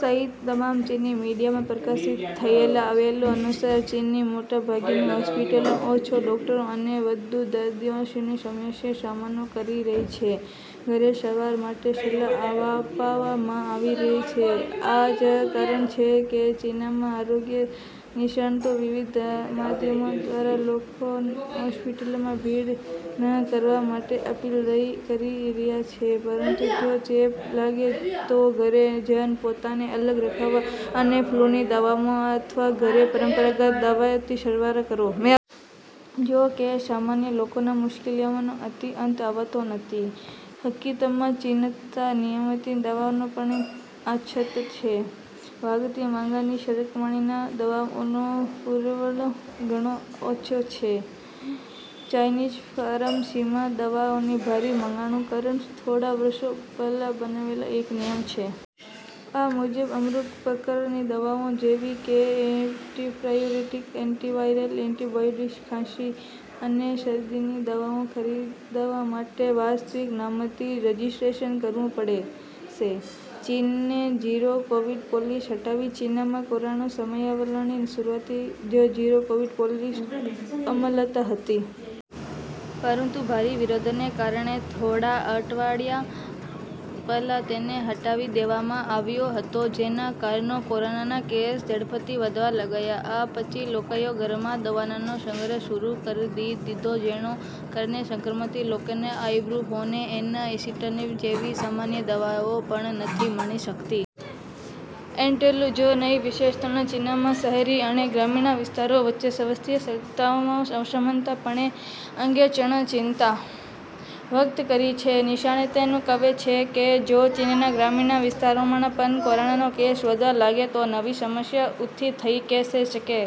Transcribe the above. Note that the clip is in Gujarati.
સહિત તમામ ચીની મીડિયામાં પ્રકાશિત થયેલા અહેવાલો અનુસાર, ચીનની મોટાભાગની હોસ્પિટલો ઓછા ડોકટરો અને વધુ દર્દીઓની સમસ્યાનો સામનો કરી રહી છે. ઘરે સારવાર માટે સલાહ આપવામાં આવી રહી છે: આ જ કારણ છે કે ચીનમાં આરોગ્ય નિષ્ણાતો વિવિધ માધ્યમો દ્વારા લોકોને હોસ્પિટલમાં ભીડ ન કરવા માટે અપીલ કરી રહ્યા છે, પરંતુ જો ચેપ લાગે તો ઘરે જ પોતાને અલગ રાખવા અને ફ્લૂની દવાઓ અથવા ઘરે પરંપરાગત દવાઓથી સારવાર કરો. જો કે સામાન્ય લોકોની મુશ્કેલીઓનો અહીં અંત આવતો નથી. હકીકતમાં ચીનમાં નિયમિત દવાઓની પણ અછત છે. વધતી માંગની સરખામણીમાં દવાઓનો પુરવઠો ઘણો ઓછો છે. ચાઈનીઝ ફાર્મસીમાં દવાઓની ભારે માંગનું કારણ થોડા વર્ષો પહેલા બનાવેલ એક નિયમ છે. આ મુજબ અમુક પ્રકારની દવાઓ જેવી કે એન્ટિપાયરેટિક, એન્ટિવાયરલ, એન્ટિબાયોટિક્સ, ખાંસી અને શરદીની દવાઓ ખરીદવા માટે વાસ્તવિક નામથી રજિસ્ટ્રેશન કરાવવું પડશે. ચીને ઝીરો કોવિડ પોલિસી હટાવી: ચીનમાં કોરોના સમયગાળાની શરૂઆતથી જ ઝીરો કોવિડ પોલિસી અમલમાં હતી. પરંતુ ભારે વિરોધને કારણે થોડા અઠવાડિયા પહેલા તેને હટાવી દેવામાં આવ્યો હતો. જેના કારણે કોરોનાના કેસ ઝડપથી વધવા લાગ્યા. આ પછી લોકોએ ઘરમાં દવાઓનો સંગ્રહ શરૂ કરી દીધો, જેના કારણે સંક્રમિત લોકોને આઇબુપ્રોફેન અને એસિટામિનોફેન જેવી સામાન્ય દવાઓ પણ નથી મળી શકતી. એટલું જ નહીં, નિષ્ણાતોએ ચીનમાં શહેરી અને ગ્રામીણ વિસ્તારો વચ્ચે સ્વાસ્થ્ય ક્ષમતાઓમાં અસમાનતા અંગે પણ ચિંતા વ્યક્ત કરી છે. નિષ્ણાતોનું કહેવું છે કે જો ચીનના ગ્રામીણ વિસ્તારોમાં પણ કોરોનાના કેસ વધવા લાગે તો નવી સમસ્યા ઊભી થઈ શકે છે.,..